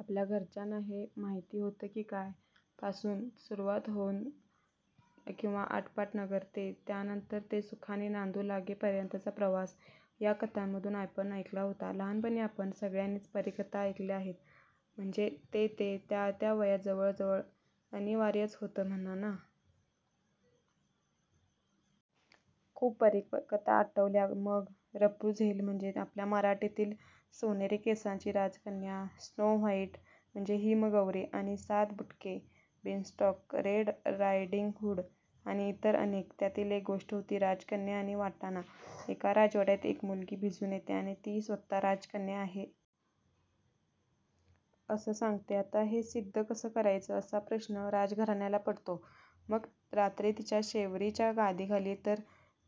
आपल्या घरच्यांना हे माहिती होतं की काय? पासून सुरुवात होऊन किंवा आटपाटनगर ते त्यानंतर ते सुखाने नांदू लागलेपर्यंतचा प्रवास ह्या कथांमधून आपण ऐकला होता. लहानपणी आपण सगळ्यांनीच परीकथा ऐकल्या आहेत, म्हणजे ते-ते त्या-त्या वयात जवळजवळ अनिवार्यच होतं म्हणा ना! खूप परीकथा आठवल्या मग! रपुंझेल म्हणजे आपल्या मराठीतली सोनेरी केसांची राजकन्या, स्नो व्हाइट म्हणजे हिमगौरी आणि सात बुटके, बिनस्टॉक, रेड रायडिंगहूड आणि इतर अनेक.. त्यातलीच एक गोष्ट होती, राजकन्या आणि वाटाणा एका राजवाड्यात एक मुलगी भिजून येते आणि ती स्वतः एक राजकन्या आहे. असं सांगते, आता हे सिद्ध कसं करायचं असा प्रश्न राजघराण्याला पडतो. मग रात्री तिच्या शेवरीच्या गादीखाली तर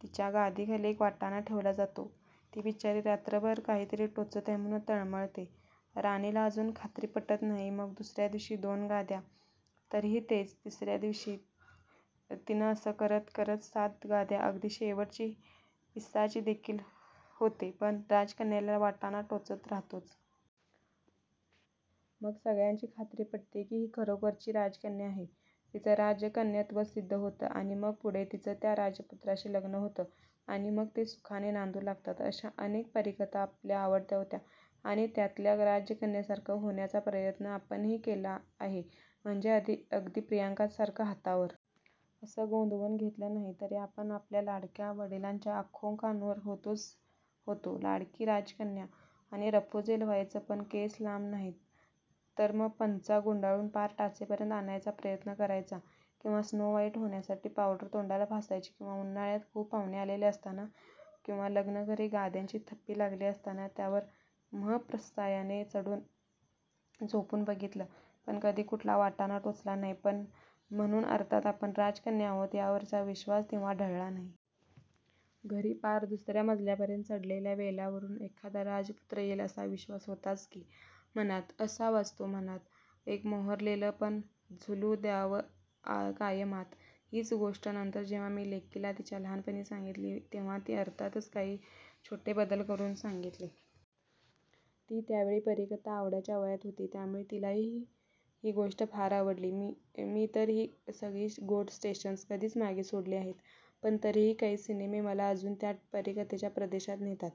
तिच्या गादीखाली एक वाटाणा ठेवला जातो, ती बिचारी रात्रभर काहीतरी टोचतं आहे म्हणून तळमळते. राणीला अजून खात्री पटत नाही मग दुसऱ्या दिवशी दोन गाद्या, तरीही तेच, तिसऱ्या दिवशी तीन असं करत करत सात गाद्या, अगदी शेवटची पिसाचीदेखील होतेपण राजकन्येला वाटाणा टोचत राहतोच! मग सगळ्यांची खात्री पटते की ही खरोखरीची राजकन्या आहे! तिचं राजकन्यत्वसिद्ध होतं आणि मग पुढे तिचं त्या राजपुत्राशी लग्न होतं आणि मग ते सुखानं नांदू लागतात. अशा अनेक परीकथा आपल्या आवडत्या होत्या, आणि त्यातल्या राजकन्येसारखं होण्याचा प्रयत्न आपणही केला आहे म्हणजे अगदी प्रियांकासारखं हातावर '! असं गोंदवून घेतलं नाही, तरी आपण आपल्या वडिलांच्या 'आंखोंका नूर' होतोच होतो, लाडकी राजकन्या! आणि रपुंझेल व्हायचं पण केस लांब नाहीत तर पंचा गुंडाळून पार टाचेपर्यंत आणायचा प्रयत्न करायचा किंवा स्नो व्हाइट होण्यासाठी पावडर तोंडाला फासायची किंवा उन्हाळ्यात खूप पाहुणे आलेले असताना, किंवा लग्नघरी गाद्यांची थप्पी लागली असताना त्यावर महत्प्रयासाने चढून झोपून बघितलं पण कधी कुठला वाटाणा टोचला नाही पण म्हणून अर्थात आपण राजकन्या आहोत ह्यावरचा विश्वास तेंव्हा ढळला नाही. घरी पार दुसऱ्या मजल्यापर्यंत चढलेल्या वेलावरून एखादा राजपुत्र येईल असा विश्वास होताच की मनात! असावाच तो मनात! एक मोहरलेपण झुलू द्यावं कायम आत! हीच गोष्ट नंतर जेंव्हा मी लेकीला तिच्या लहानपणी सांगितली तेंव्हा अर्थातच काही छोटे बदल करुन सांगितली! ती त्यावेळी परीकथा आवडायच्या वयात होती त्यामुळे तिलाही ही गोष्ट फार आवडली. मी तर ही सगळी गोड स्टेशन्स कधीच मागे सोडली आहेत पण तरीही काही सिनेमे मला अजून त्या परीकथेच्या प्रदेशात नेतात.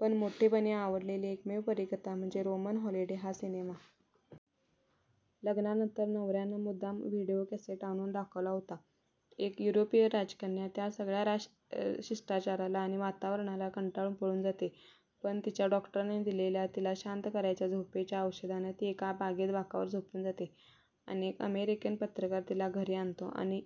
पण मोठेपणी आवडलेली एकमेव परीकथा म्हणजे रोमन हॉलिडे हा सिनेमा! लग्नानंतर नवऱ्यानं मुद्दाम विडिओ कॅसेट आणून दाखवला होता. एक युरोपीय राजकन्या त्या सगळ्या राजशिष्टाचाराला आणि वातावरणाला कंटाळून पळून जाते. पण तिच्या डॉक्टरांनी दिलेल्या तिला शांत करायच्या झोपेच्या औषधानं ती एका बागेत बाकावर झोपून जाते, आणि एक अमेरिकन पत्रकार तिला घरी आणतो आणि--